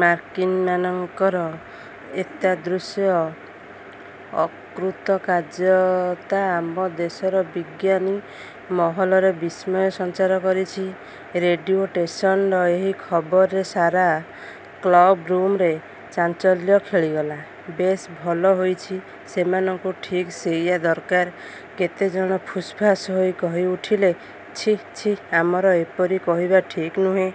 ମାର୍କିନ୍ମାନଙ୍କର ଏତାଦୃଶ ଅକୃତକାର୍ଯ୍ୟତା ଆମ ଦେଶର ବିଜ୍ଞାନୀମହଲରେ ବିସ୍ମୟ ସଞ୍ଚାର କରିଛି। '' ରେଡ଼ିଓ ଷ୍ଟେସନର ଏହି ଖବରରେ ସାରା କ୍ଳବ୍ରୁମ୍ରେ ଚାଞ୍ଚଲ୍ୟ ଖେଳିଗଲା। ''ବେଶ୍ ଭଲ ହୋଇଛି। ସେମାନଙ୍କୁ ଠିକ୍ ସେଇଆ ଦରକାର। '' କେତେ ଜଣ ଫୁସ୍ଫାସ୍ ହୋଇ କହିଉଠିଲେ। ''ଛି, ଛି, ଆମର ଏପରି କହିବା ଠିକ୍ ନୁହେଁ।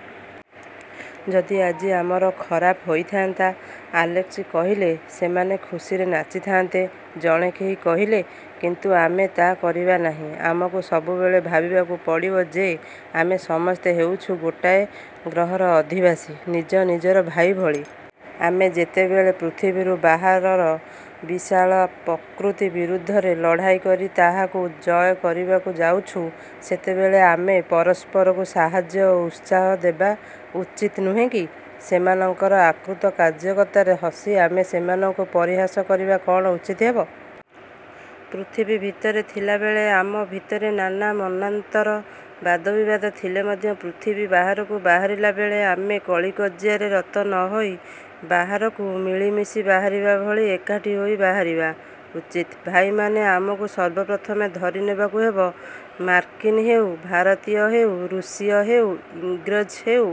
ଯଦି ଆଜି ଆମର ଖରାପ ହୋଇଥାନ୍ତା? '' ଆଲେସ୍କି କହିଲେ। ''ସେମାନେ ଖୁସିରେ ନାଚିଥାନ୍ତେ''-ଜଣେ କେହି କହିଲେ। ''କିନ୍ତୁ ଆମେ ତା କରିବା ନାହିଁ। ଆମକୁ ସବୁବେଳେ ଭାବିବାକୁ ପଡ଼ିବ ଯେ, ଆମେ ସମସ୍ତେ ହେଉଛୁ ଗୋଟାଏ ଗ୍ରହର ଅଧିବାସୀ, ନିଜ ନିଜର ଭାଇ ଭଳି। ଆମେ ଯେତେବେଳେ ପୃଥିବୀରୁ ବାହାରର ବିଶାଳ ପ୍ରକୃତି ବିରୁଦ୍ଧରେ ଲଢ଼ାଇ କରି ତାହାକୁ ଜୟ କରିବାକୁ ଯାଉଛୁ, ସେତେବେଳେ ଆମେ ପରସ୍ପରକୁ ସାହାଯ୍ୟ ଓ ଉତ୍ସାହ ଦେବା ଉଚିତ ନୁହେଁ କି? ସେମାନଙ୍କର ଅକୃତକାର୍ଯ୍ୟତାରେ ହସି ଆମେ ସେମାନଙ୍କୁ ପରିହାସ କରିବା କ'ଣ ଉଚିତ ହେବ? ପୃଥିବୀ ଭିତରେ ଥିଲାବେଳେ ଆମ ଭିତରେ ନାନା ମନାନ୍ତର, ବାଦବିବାଦ ଥିଲେ ମଧ୍ୟ ପୃଥିବୀ ବାହାରକୁ ବାହାରିଲାବେଳେ ଆମେ କଳିକଜିଆରେ ରତ ନ ହୋଇ ବାହାରକୁ ମିଳିମିଶି ବାହାରିଲା ଭଳି ଏକାଠି ହୋଇ ବାହାରିବା ଉଚିତ। ଭାଇମାନେ, ଆମକୁ ସର୍ବପ୍ରଥମେ ଧରି ନେବାକୁ ହେବ, ମାର୍କିନ୍ ହେଉ, ଭାରତୀୟ ହେଉ, ରୁଷୀୟ ହେଉ, ଇଂରେଜ ହେଉ,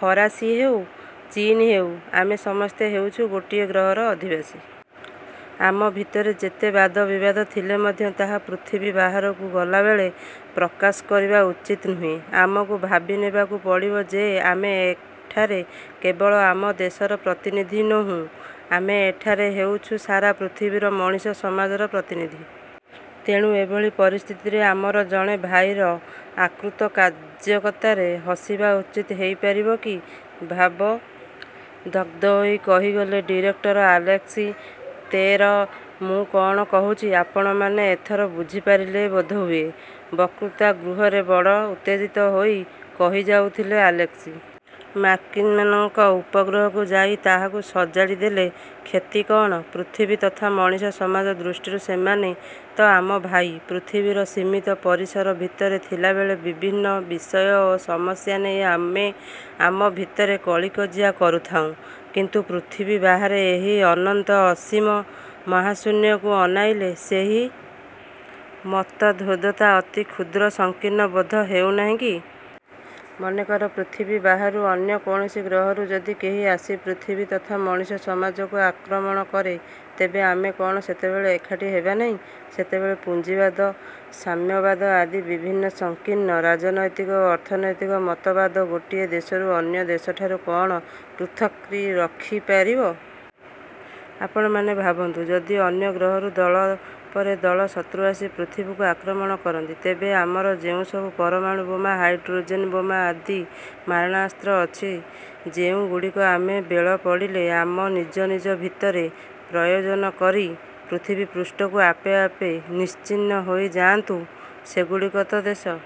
ଫରାସୀ ହେଉ, ଚୀନ ହେଉ, ଆମେ ସମସ୍ତେ ହେଉଛୁ ଗୋଟିଏ ଗ୍ରହର ଅଧିବାସୀ। ଆମ ଭିତରେ ଯେତେ ବାଦବିବାଦ ଥିଲେ ମଧ୍ୟ ତାହା ପୃଥିବୀ ବାହାରକୁ ଗଲାବେଳେ ପ୍ରକାଶ ପାଇବା ଉଚିତ ନୁହେଁ। ଆମକୁ ଭାବିନେବାକୁ ପଡ଼ିବ ଯେ, ଆମେ ଏଠାରେ କେବଳ ଆମ ଦେଶର ପ୍ରତିନିଧି ନୋହୁଁ, ଆମେ ଏଠାରେ ହେଉଛୁଁ ସାରା ପୃଥିବୀର ମଣିଷ ସମାଜର ପ୍ରତିନିଧି। ତେଣୁ ଏଭଳି ପରିସ୍ଥିତିରେ ଆମର ଜଣେ ଭାଇର ଅକୃତକାର୍ଯ୍ୟତାରେ ହସିବା ଉଚିତ ହେଇପାରିବ କି? '' ଭାବ ଗଦ୍ଗଦ୍ ହୋଇ କହିଗଲେ ଡିରେକ୍ଟର ଆଲେସ୍କି। ତେର ''ମୁଁ କ'ଣ କହୁଛି, ଆପଣମାନେ ଏଥର ବୁଝିପାରିଲେ ବୋଧହୁଏ? '' ବକ୍ତୃତା ଗୃହରେ ବଡ଼ ଉତ୍ତେଜିତ ହୋଇ କହିଯାଉଥିଲେ ଆଲେସ୍କି। ''ମାର୍କିନ୍ମାନଙ୍କ ଉପଗ୍ରହକୁ ଯାଇ ତାହାକୁ ସଜାଡ଼ି ଦେଲେ କ୍ଷତି କଅଣ? ପୃଥିବୀ ତଥା ମଣିଷ ସମାଜ ଦୃଷ୍ଟିରୁ ସେମାନେ ତ ଆମ ଭାଇ। ପୃଥିବୀର ସୀମିତ ପରିସର ଭିତରେ ଥିଲାବେଳେ ବିଭିନ୍ନ ବିଷୟ ଓ ସମସ୍ୟା ନେଇ ଆମେ ଆମ ଭିତରେ କଳିକଜିଆ କରୁଥାଇଁ; କିନ୍ତୁ ପୃଥିବୀ ବାହାରର ଏହି ଅନନ୍ତ ଅସୀମ ମହାଶୂନ୍ୟକୁ ଅନାଇଲେ ସେହି ମତଦ୍ୱୈଧତା ଅତି କ୍ଷୁଦ୍ର ସଂକୀର୍ଣ୍ଣ ବୋଧ ହେଉନାହିଁ କି? ମନେକର ପୃଥିବୀ ବାହାରୁ ଅନ୍ୟ କୌଣସି ଗ୍ରହରୁ ଯଦି କେହି ଆସି ପୃଥିବୀ ତଥା ମଣିଷ ସମାଜକୁ ଆକ୍ରମଣ କରେ, ତେବେ ଆମେ କ'ଣ ସେତେବେଳେ ଏକାଠି ହେବା ନାହିଁ? ସେତେବେଳେ ପୁଞ୍ଜିବାଦ, ସାମ୍ୟବାଦ ଆଦି ବିଭିନ୍ନ ସଂକୀର୍ଣ୍ଣ ରାଜନୈତିକ ଓ ଅର୍ଥନୈତିକ ମତବାଦ ଗୋଟିଏ ଦେଶକୁ ଅନ୍ୟ ଦେଶଠାରୁ କ'ଣ ପୃଥକ୍କରି ରଖି ପାରିବ? ଆପଣମାନେ ଭାବନ୍ତୁ, ଯଦି ଅନ୍ୟ ଗ୍ରହରୁ ଦଳ ପରେ ଦଳ ଶତ୍ରୁ ଆସି ପୃଥିବୀକୁ ଆକ୍ରମଣ କରନ୍ତି, ତେବେ ଆମର ଯେଉଁସବୁ ପରମାଣୁବୋମା, ହାଇଡ଼୍ରୋଜେନ ବୋମା ଆଦି ମାରଣାସ୍ତ୍ର ଅଛି, ଯେଉଁଗୁଡ଼ିକ ଆମେ ବେଳ ପଡ଼ିଲେ ଆମ ନିଜ ନିଜ ଭିତରେ ପ୍ରୟୋଗ କରି ପୃଥିବୀପୃଷ୍ଠରୁ ଆପେ ଆପେ ନିଶ୍ଚିହ୍ନ ହୋଇ ଯାଆନ୍ତୁ; ସେଗୁଡ଼ିକ ତ ଦେଶ,